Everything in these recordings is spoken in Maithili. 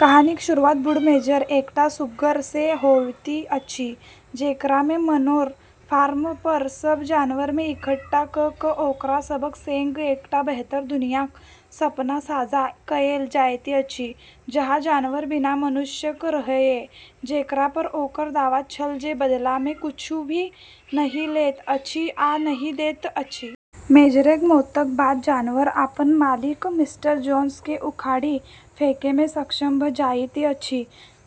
कहानीक शुरुआत बूढ़ मेजर, एकटा सुग्गर सँ होइत अछि, जेकरा मे मनोर फार्म पर सभ जानवर केँ इकट्ठा कऽ कऽ ओकरा सभक सँग एकटा बेहतर दुनियाक सपना साझा कएल जाइत अछि, जहाँ जानवर बिना मनुष्यक रहए, जेकरा पर ओकर दावा छल जे बदला मे किछु भी नहि लैत अछि आ नहि दैत अछि। मेजरक मौतक बाद जानवर अपन मालिक मिस्टर जोन्स केँ उखाड़ि फेंकै मे सक्षम भऽ जाइत अछि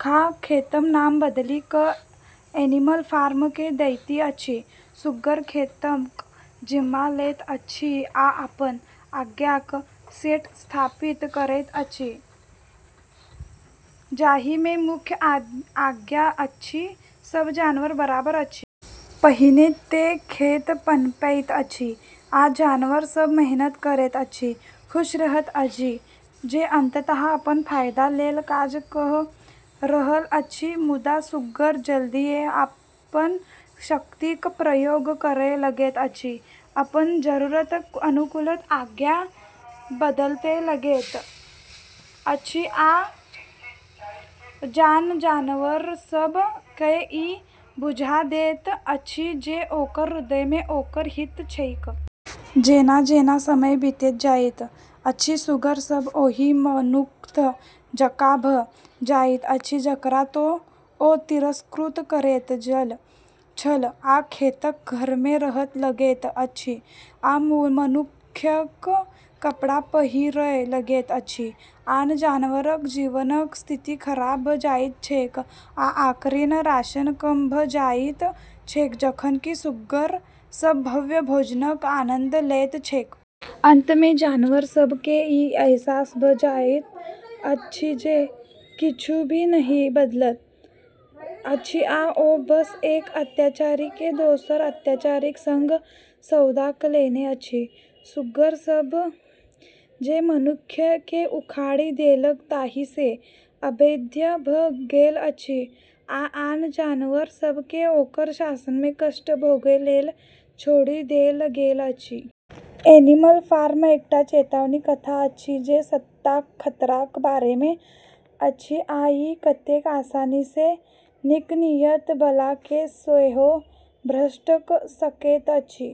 आ खेतक नाम बदलि कऽ एनिमल फार्म कऽ दैत अछि। सुग्गर खेतक जिम्मा लैत अछि आ अपन आज्ञाक सेट स्थापित करैत अछि, जाहि मे मुख्य आज्ञा अछि, "सभ जानवर बराबर अछि"। पहिने तँ खेत पनपैत अछि, आ जानवर सभ मेहनत करैत अछि, खुश रहैत अछि जे अंततः अपन फायदा लेल काज कऽ रहल अछि। मुदा, सुग्गर जल्दिये अपन शक्तिक प्रयोग करय लगैत अछि, अपन जरूरतक अनुकूल आज्ञा बदलय लगैत अछि आ आन जानवर सभ केँ ई बुझा दैत अछि जे ओकर हृदय मे ओकर हित छैक। जेना-जेना समय बीतैत जाइत अछि, सुग्गर सभ ओहि मनुक्ख जकाँ भऽ जाइत अछि जकरा ओ तिरस्कृत करैत छल आ खेतक घर मे रहय लगैत अछि आ मनुक्खक कपड़ा पहिरय लगैत अछि। आन जानवरक जीवनक स्थिति खराब भऽ जाइत छैक, आ ओकर राशन कम भऽ जाइत छैक जखन कि सुग्गर सभ भव्य भोजनक आनंद लैत छैक। अंत मे जानवर सभ केँ ई अहसास भऽ जाइत अछि जे किछु भी नहि बदलल अछि आ ओ बस एक अत्याचारी केँ दोसर अत्याचारीक सँग सौदा कऽ लेने अछि। सुग्गर सभ जे मनुक्ख केँ उखाड़ि देलक ताहि सँ अभेद्य भऽ गेल अछि, आ आन जानवर सभ केँ ओकर शासन मे कष्ट भोगय लेल छोड़ि देल गेल अछि। एनिमल फार्म एकटा चेतावनी कथा अछि जे सत्ताक खतराक बारे मे अछि आ ई कतेक आसानी सँ नीक नीयत बला केँ सेहो भ्रष्ट कऽ सकैत अछि।